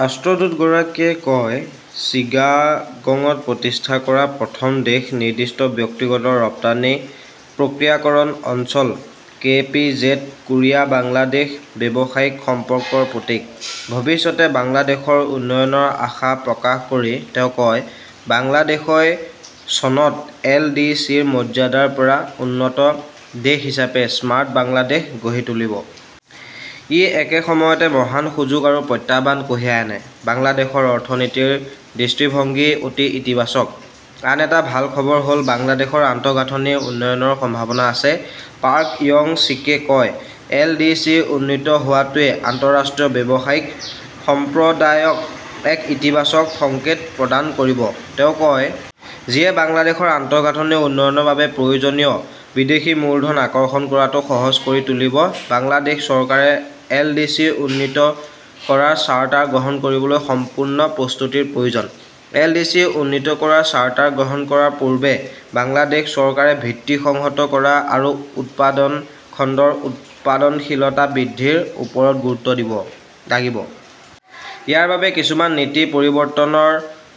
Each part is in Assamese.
ৰাষ্ট্ৰদূত গৰাকীয়ে কয়, "চিগাগঙত প্ৰতিষ্ঠা কৰা প্ৰথম দেশ-নিৰ্দিষ্ট ব্যক্তিগত ৰপ্তানি প্ৰক্ৰিয়াকৰণ অঞ্চল, কে.পি.জেড, কোৰিয়া-বাংলাদেশ ব্যৱসায়িক সম্পৰ্কৰ প্ৰতীক।" ভৱিষ্যতে বাংলাদেশৰ উন্নয়নৰ আশা প্ৰকাশ কৰি তেওঁ কয়, "বাংলাদেশই চনত এল.ডি.চিৰ মৰ্যাদাৰ পৰা উন্নত দেশ হিচাপে স্মাৰ্ট বাংলাদেশ গঢ়ি তুলিব। "ই একে সময়তে মহান সুযোগ আৰু প্ৰত্যাহ্বান কঢ়িয়াই আনে। "বাংলাদেশৰ অৰ্থনীতিৰ দৃষ্টিভংগী অতি ইতিবাচক। আন এটা ভাল খবৰ হ' ল বাংলাদেশৰ আন্তঃগাঁথনি উন্নয়নৰ সম্ভাৱনা আছে ", পাৰ্ক ইয়ং-ছিকে কয়। "এল.ডি.চি উন্নীত হোৱাটোৱে আন্তঃৰাষ্ট্ৰীয় ব্যৱসায়িক সম্প্ৰদায়ক এক ইতিবাচক সংকেত প্ৰদান কৰিব", তেওঁ কয়। যিয়ে বাংলাদেশৰ আন্তঃগাঁথনি উন্নয়নৰ বাবে প্ৰয়োজনীয় বিদেশী মূলধন আকৰ্ষণ কৰাটো সহজ কৰি তুলিব। "বাংলাদেশ চৰকাৰে এলডিচি উন্নীত কৰাৰ চাৰ্টাৰ গ্ৰহণ কৰিবলৈ সম্পূৰ্ণ প্ৰস্তুতিৰ প্ৰয়োজন।"এল. ডি. চি. উন্নীত কৰাৰ চাৰ্টাৰ গ্ৰহণ কৰাৰ পূৰ্বে বাংলাদেশ চৰকাৰে ভিত্তি সংহত কৰা আৰু উৎপাদন খণ্ডৰ উৎপাদনশীলতা বৃদ্ধিৰ ওপৰত গুৰুত্ব দিব লাগিব। ইয়াৰ বাবে কিছুমান নীতি পৰিৱৰ্তনৰ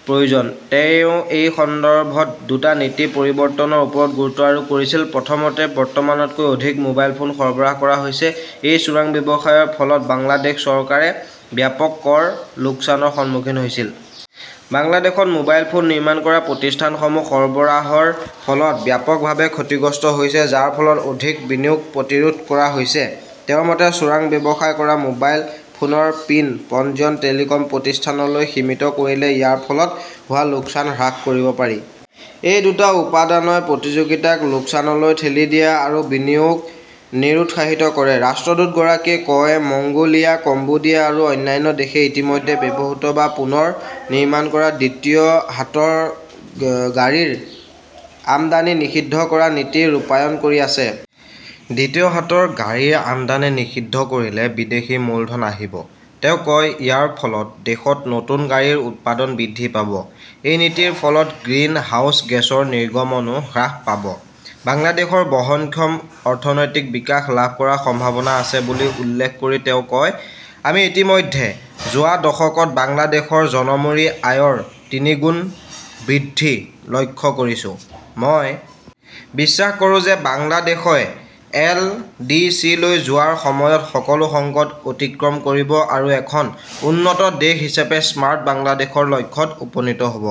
প্ৰয়োজন।" তেওঁ এই সন্দৰ্ভত দুটা নীতি পৰিৱৰ্তনৰ ওপৰত গুৰুত্ব আৰোপ কৰিছিল। প্ৰথমতে, বৰ্তমানতকৈ অধিক মোবাইল ফোন সৰবৰাহ কৰা হৈছে। এই চোৰাং ব্যৱসায়ৰ ফলত বাংলাদেশ চৰকাৰে ব্যাপক কৰ লোকচানৰ সন্মুখীন হৈছিল। বাংলাদেশত মোবাইল ফোন নিৰ্মাণ কৰা প্ৰতিষ্ঠানসমূহ সৰবৰাহৰ ফলত ব্যাপকভাৱে ক্ষতিগ্ৰস্ত হৈছে, যাৰ ফলত অধিক বিনিয়োগ প্ৰতিৰোধ কৰা হৈছে। তেওঁৰ মতে, চোৰাং ব্যৱসায় কৰা মোবাইল ফোনৰ পিন পঞ্জীয়ন টেলিকম প্ৰতিষ্ঠানলৈ সীমিত কৰিলে ইয়াৰ ফলত হোৱা লোকচান হ্ৰাস কৰিব পাৰি। "এই দুটা উপাদানই প্ৰতিযোগিতাক লোকচানলৈ ঠেলি দিয়ে আৰু বিনিয়োগক নিৰুৎসাহিত কৰে", ৰাষ্ট্ৰদূতগৰাকীয়ে কয়। মংগোলিয়া, কম্বোডিয়া আৰু অন্যান্য দেশে ইতিমধ্যে ব্যৱহৃত বা পুনৰ নিৰ্মাণ কৰা দ্বিতীয় হাতৰ গাড়ীৰ আমদানি নিষিদ্ধ কৰাৰ নীতি ৰূপায়ণ কৰি আছে। "দ্বিতীয় হাতৰ গাড়ীৰ আমদানি নিষিদ্ধ কৰিলে বিদেশী মূলধন আহিব", তেওঁ কয়। ইয়াৰ ফলত দেশত নতুন গাড়ীৰ উৎপাদন বৃদ্ধি পাব। এই নীতিৰ ফলত গ্ৰিনহাউজ গেছৰ নিৰ্গমনও হ্ৰাস পাব। "বাংলাদেশৰ বহনক্ষম অৰ্থনৈতিক বিকাশ লাভ কৰাৰ সম্ভাৱনা আছে বুলি উল্লেখ কৰি তেওঁ কয় "আমি ইতিমধ্যে যোৱা দশকত বাংলাদেশৰ জনমূৰি আয়ৰ তিনিগুণ বৃদ্ধি লক্ষ্য কৰিছো। মই বিশ্বাস কৰোঁ যে বাংলাদেশই এল. ডি. চি. -লৈ যোৱাৰ সময়ত সকলো সংকট অতিক্ৰম কৰিব আৰু এখন উন্নত দেশ হিচাপে স্মাৰ্ট বাংলাদেশৰ লক্ষ্যত উপনীত হ’ব।